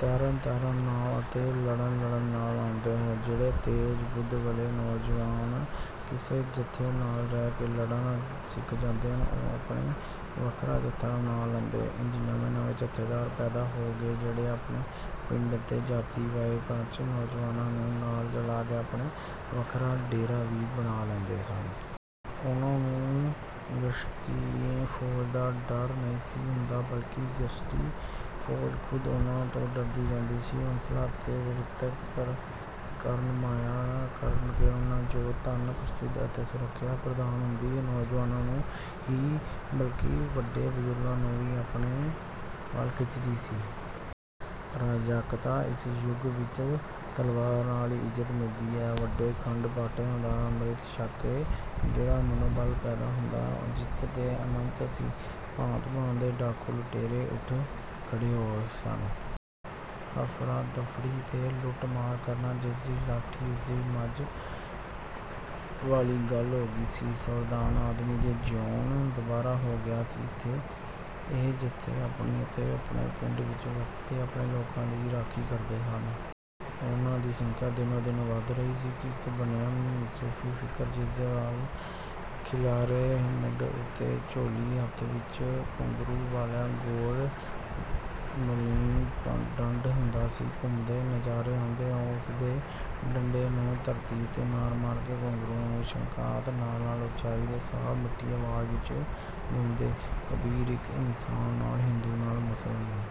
ਤੈਰਨਾ ਤੈਰਨ ਨਾਲ ਅਤੇ ਲੜਨਾ ਲੜਨ ਨਾਲ ਆਉਂਦਾ ਹੈ। ਜਿਹੜੇ ਤੇਜ਼-ਬੁੱਧ ਵਾਲੇ ਨੌਜਵਾਨ ਕਿਸੇ ਜੱਥੇ ਨਾਲ ਰਹਿ ਕੇ ਲੜਨਾ ਸਿੱਖ ਜਾਂਦੇ ਸਨ ਉਹ ਆਪਣਾ ਵੱਖਰਾ ਜੱਥਾ ਬਣਾ ਲੈਂਦੇ ਸਨ। ਇੰਜ ਨਵੇਂ-ਨਵੇਂ ਜੱਥੇਦਾਰ ਪੈਦਾ ਹੋ ਗਏ ਜਿਹੜੇ ਆਪਣੇ ਪਿੰਡ ਅਤੇ ਜਾਤੀ ਦੇ ਵੀਹ-ਪੱਚੀ ਨੌਜਵਾਨਾਂ ਨੂੰ ਨਾਲ ਰਲਾ ਕੇ ਆਪਣਾ ਵੱਖਰਾ ਡੇਰਾ ਵੀ ਬਣਾ ਲੈਂਦੇ ਸਨ। ਉਹਨਾਂ ਨੂੰ ਗਸ਼ਤੀ ਫੌਜ ਦਾ ਡਰ ਨਹੀਂ ਸੀ ਹੁੰਦਾ ਬਲਕਿ ਗਸ਼ਤੀ ਫੌਜ ਖ਼ੁਦ ਉਹਨਾਂ ਤੋਂ ਡਰਦੀ ਰਹਿੰਦੀ ਸੀ। ਹੌਂਸਲੇ ਅਤੇ ਵੀਰਤਾ ਦੇ ਕਾਰਨਾਮਿਆਂ ਕਰਕੇ ਉਹਨਾਂ ਨੂੰ ਜੋ ਧਨ, ਪ੍ਰਸਿੱਧੀ ਅਤੇ ਸੁਰੱਖਿਆ ਪ੍ਰਦਾਨ ਹੁੰਦੀ ਉਹ ਨੌਜਵਾਨਾਂ ਨੂੰ ਹੀ ਨਹੀਂ ਬਲਕਿ ਵੱਡੇ ਬਜ਼ੁਰਗਾਂ ਨੂੰ ਵੀ ਆਪਣੇ ਵੱਲ ਖਿੱਚਦੀ ਸੀ। ਅਰਾਜਕਤਾ ਦੇ ਇਸ ਯੁੱਗ ਵਿੱਚ ਤਲਵਾਰ ਨਾਲ ਹੀ ਇੱਜ਼ਤ ਮਿਲਦੀ ਐ ਅਤੇ ਖੰਡੇ-ਬਾਟੇ ਦਾ ਅੰਮ੍ਰਿਤ ਛਕ ਕੇ ਜਿਹੜਾ ਮਨੋਬਲ ਪੈਦਾ ਹੁੰਦਾ ਸੀ ਉਹ ਅਜਿੱਤ ਅਤੇ ਅਨੰਤ ਸੀ। ਭਾਂਤ-ਭਾਂਤ ਦੇ ਡਾਕੂ-ਲੁਟੇਰੇ ਉੱਠ ਖੜ੍ਹੇ ਹੋਏ ਸਨ। ਹਫੜਾ-ਦਫੜੀ ਅਤੇ ਲੁੱਟ-ਮਾਰ ਕਾਰਨ "ਜਿਸਦੀ ਲਾਠੀ ਉਸਦੀ ਮੱਝ" ਵਾਲੀ ਗੱਲ ਹੋ ਗਈ ਸੀ। ਸਾਧਾਰਨ ਆਦਮੀ ਦਾ ਜਿਉਣਾ ਦੁੱਭਰ ਹੋ ਗਿਆ ਸੀ। ਇਹ ਜੱਥੇ ਆਪਣੀ ਅਤੇ ਆਪਣੇ ਪਿੰਡਾਂ ਵਿੱਚ ਵੱਸਦੇ ਆਪਣੇ ਲੋਕਾਂ ਦੀ ਰਾਖੀ ਕਰਦੇ ਸਨ। ਉਹਨਾਂ ਦੀ ਸੰਖਿਆ ਦਿਨੋਂ-ਦਿਨ ਵਧ ਰਹੀ ਸੀ। ਇੱਕ ਬੇਨਾਮ ਸੂਫੀ ਫਕੀਰ ਜਿਸਦੇ ਵਾਲ ਖਿੱਲਰੇ ਹੋਏ ਮੋਢੇ ਉੱਤੇ ਝੋਲੀ ਅਤੇ ਹੱਥ ਵਿੱਚ ਘੁੰਗਰੂਆਂ ਵਾਲਾ ਗੋਲ ਮੁਲਾਇਮ ਡੰਡਾ ਹੁੰਦਾ ਸੀ ਘੁੰਮਦਾ ਨਜ਼ਰ ਆਉਂਦਾ। ਉਹ ਉਸ ਡੰਡੇ ਨੂੰ ਧਰਤੀ ਉੱਤੇ ਮਾਰ-ਮਾਰ ਕੇ ਘੁੰਗਰੂਆਂ ਦੀ ਛਣਕਾਰ ਦੇ ਨਾਲ-ਨਾਲ ਉੱਚੀ ਅਤੇ ਸਾਫ਼-ਮਿੱਠੀ ਆਵਾਜ਼ ਵਿੱਚ ਗਾਉਂਦਾ, "ਕਬੀਰ ਇੱਕ ਇਨਸਾਨ ਨਾ ਹਿੰਦੂ ਨਾ ਮੁਸਲਮਾਨ।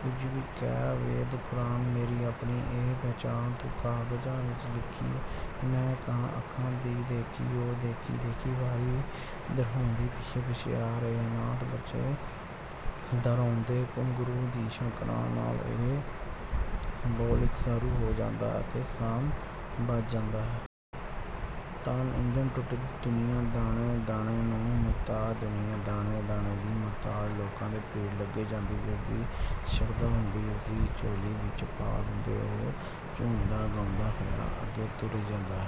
ਕੁਝ ਵੀ ਕਹੇ ਵੇਦ ਕੁਰਾਨ ਮੇਰੀ ਆਪਣੀ ਇਹ ਪਹਿਚਾਨ। ਤੂੰ ਕਹੇਂ ਕਾਗਜ਼ ਦੀ ਲੇਖੀ ਮੈਂ ਕਹਾਂ ਅੱਖਾਂ ਦੀ ਦੇਖੀ।" ਉਹ "ਦੇਖੀ-ਦੇਖੀ" ਵਾਰੀ-ਵਾਰੀ ਦੁਹਰਾਉਂਦਾ ਪਿੱਛੇ-ਪਿੱਛੇ ਆ ਰਹੇ ਅਨਾਥ ਬੱਚੇ ਵੀ ਦੁਹਰਾਉਂਦੇ। ਘੁੰਗਰੂਆਂ ਦੀ ਛਣਕਾਰ ਦੇ ਨਾਲ ਇਹ ਬੋਲ ਇਕਸੁਰ ਹੋ ਜਾਂਦੇ ਅਤੇ ਸਾਮ ਬੱਝ ਜਾਂਦਾ। ਤਾਣ ਇੰਜ ਟੁੱਟਦੀ "ਦੁਨੀਆਂ ਦਾਣੇ-ਦਾਣੇ ਨੂੰ ਮੁਹਤਾਜ ਦੁਨੀਆਂ ਦਾਣੇ-ਦਾਣੇ ਦੀ ਮੁਹਤਾਜ"। ਲੋਕਾਂ ਦੀ ਭੀੜ ਲੱਗ ਜਾਂਦੀ। ਜਿਸਦੀ ਜੋ ਸ਼ਰਧਾ ਹੁੰਦੀ ਉਹ ਉਸਦੀ ਝੋਲੀ ਵਿੱਚ ਪਾ ਦਿੰਦਾ ਅਤੇ ਉਹ ਝੂਮਦਾ-ਗਾਉਂਦਾ ਹੋਇਆ ਅੱਗੇ ਤੁਰ ਜਾਂਦਾ।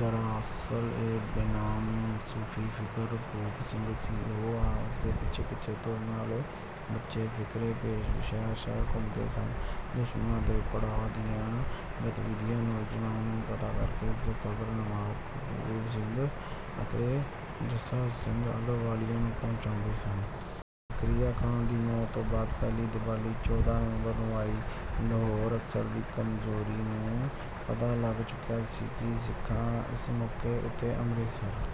ਦਰਅਸਲ ਇਹ ਬੇਨਾਮ ਸੂਫੀ ਫਕੀਰ ਭੂਪ ਸਿੰਘ ਸੀ। ਉਹ ਅਤੇ ਉਸਦੇ ਪਿੱਛੇ-ਪਿੱਛੇ ਤੁਰਨ ਵਾਲੇ ਬੱਚੇ ਇਸ ਫਕੀਰੀ ਭੇਸ ਵਿੱਚ ਸ਼ਹਿਰ-ਸ਼ਹਿਰ ਘੁੰਮਦੇ ਸਨ ਦੁਸ਼ਮਣ ਦੇ ਪੜਾਅ ਦੀਆਂ ਗਤੀਵਿਧੀਆਂ ਅਤੇ ਯੋਜਨਾਵਾਂ ਦਾ ਪਤਾ ਕਰਕੇ ਉਸ ਦੀ ਖ਼ਬਰ ਨਵਾਬ ਕਪੂਰ ਸਿੰਘ ਅਤੇ ਜੱਸਾ ਸਿੰਘ ਆਹਲੂਵਾਲੀਆ ਨੂੰ ਪਹੁੰਚਾਉਂਦੇ ਸਨ। ਜ਼ਕਰੀਆ ਖਾਂ ਦੀ ਮੌਤ ਤੋਂ ਬਾਅਦ ਪਹਿਲੀ ਦੀਵਾਲੀ ਚੌਦਾਂ ਨਵੰਬਰ ਨੂੰ ਆਈ। ਲਾਹੌਰ ਸਰਕਾਰ ਦੀ ਕਮਜ਼ੋਰੀ ਦਾ ਪਤਾ ਲੱਗ ਚੁੱਕਿਆ ਸੀ। ਸਿੱਖ ਇਸ ਮੌਕੇ ਉੱਤੇ ਅੰਮ੍ਰਿਤਸਰ